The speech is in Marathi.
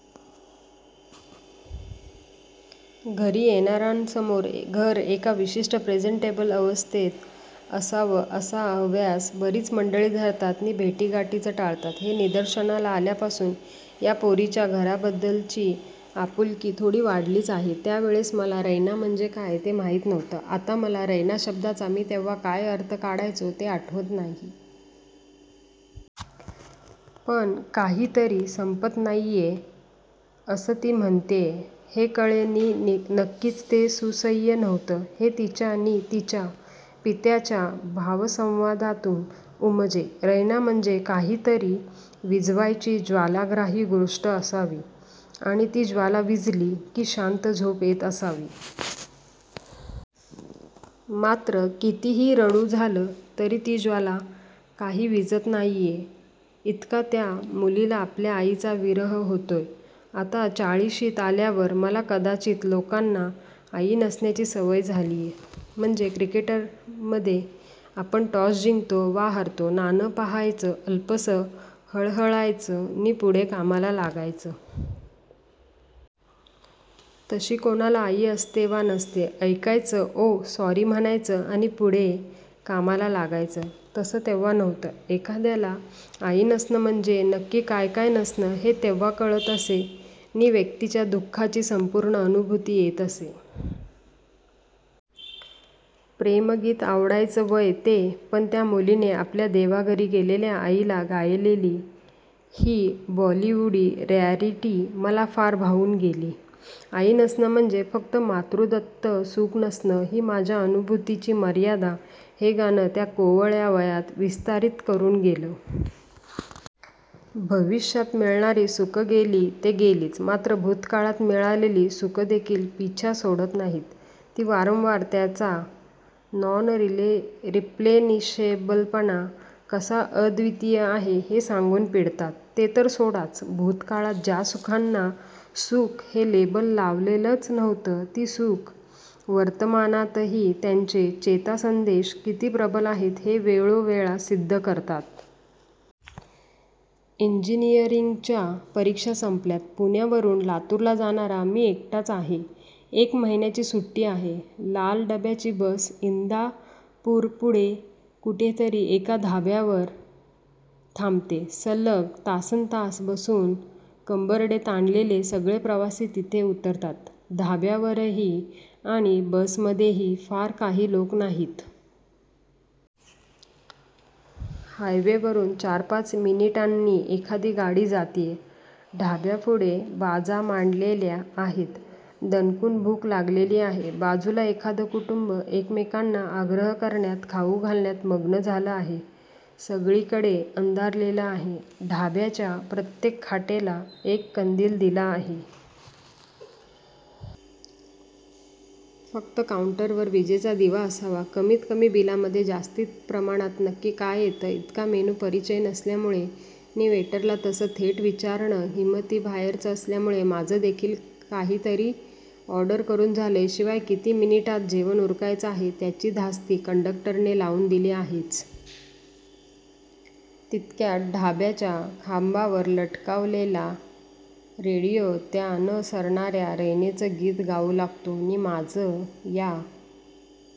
घरी येणारांसमोर घर एका विशिष्ट प्रेझेंटेबल अवस्थेत असावं असा हव्यास बरीच मंडळी धरतात नि भेटीगाठीच टाळतात हे निदर्शनाला आल्यापासून या पोरीच्या घराबद्दलची आपुलकी थोडी वाढलीच आहे. त्यावेळेस मला रैना म्हणजे काय ते माहित नव्हतं, आता मला रैना शब्दाचा मी तेव्हा काय अर्थ काढायचो ते आठवत नाही. पण काहीतरी संपत नाहीय असं ती म्हणतेय हे कळे नि नक्कीच ते सुसह्य नव्हतं हे तिच्या नि तिच्या पित्याच्या भावसंवादातून उमजे. रैना म्हणजे काहीतरी विझवायची ज्वालाग्राही गोष्ट असावी. आणि ती ज्वाला विझली कि शांत झोप येत असावी. मात्र कितीही रडून झालं तरी ती ज्वाला काही विझत नाहीय इतका त्या मुलीला आपल्या आईचा विरह होतोय. आता चाळिशीत आल्यावर मला कदाचित लोकांना आई नसण्याची सवय झालीय. म्हणजे क्रिकेटमध्ये आपण टॉस जिंकतो वा हारतो, नाणं पाहायचं, अल्पसं हळहळायचं नि पुढे कामाला लागायचं. तशी कोणाला आई असते वा नसते, ऐकायचं, ओह सॉरी म्हणायचं आणि पुढे कामाला लागायचं. तसं तेव्हा नव्हतं. एखाद्याला आई नसणं म्हणजे नक्की काय काय नसणं हे तेव्हा कळत असे नि व्यक्तीच्या दुःखाची संपूर्ण अनुभूती येत असे. प्रेमगीतं आवडायचं वय ते, पण त्या मुलीने आपल्या देवाघरी गेलेल्या आईला गायलेली ही बॉलिवूडी रॅरिटी मला फार भावून गेली. आई नसणं म्हणजे फक्त मातृदत्त सुखं नसणं ही माझी अनुभूतीची मर्यादा हे गाणं त्या कोवळ्या वयात विस्तारित करून गेलं. भविष्यात मिळणारी सुखं गेली ते गेलीच, मात्र भूतकाळात मिळालेली सुखं देखील पिच्छा सोडत नाहीत. ती वारंवार त्यांचा नॉन-रिप्लेनिशेबलपणा कसा अद्वितीय आहे हे सांगून पिडतात. ते तर सोडाच, भूतकाळात ज्या सुखांना सुख हे लेबल लावलेलंच नव्हतं ती सुखं वर्तमानातही त्यांचे चेतासंदेश किती प्रबल आहेत हे वेळोवेळा सिद्ध करतात. इंजिनिअरिंगच्या परीक्षा संपल्यात. पुण्यावरून लातूरला जाणारा मी एकटाच आहे. एक महिन्याची सुट्टी आहे. लालडब्ब्याची बस इंदापूरपुढे कुठेतरी एका ढाब्यावर थांबते. सलग तासंतास बसून कंबरडे ताणलेले सगळे प्रवासी तिथे उतरतात. ढाब्यावरही आणि बसमध्येही फार काही लोक नाहीत. हायवेवरून चार-पाच मिनिटांनी एखादी गाडी जातेय. ढाब्यापुढे बाजा मांडलेल्या आहेत. दणकून भूक लागलेली आहे. बाजूला एखादं कुटुंब एकमेकांना आग्रह करण्यात, खाऊ घालण्यात मग्न झालं आहे. सगळीकडे अंधारलेलं आहे. ढाब्याच्या प्रत्येक खाटेला एक कंदील दिला आहे. फक्त काउंटरवर विजेचा दिवा असावा. कमीत कमी बिलामध्ये जास्तीत प्रमाणात नक्की काय येतं इतका मेनू परिचय नसल्यामुळे नि वेटरला तसं थेट विचारणं हिमतीबाहेरचं असल्यामुळे माझं देखील काहीतरी ऑर्डर करून झालंय. शिवाय किती मिनिटांत जेवण उरकायचं आहे त्याची धास्ती कंडक्टरने लावून दिली आहेच. तितक्यात ढाब्याच्या खांबावर लटकावलेला रेडिओ त्या न सरणाऱ्या रैनेचं गीत गाऊ लागतो नि माझं या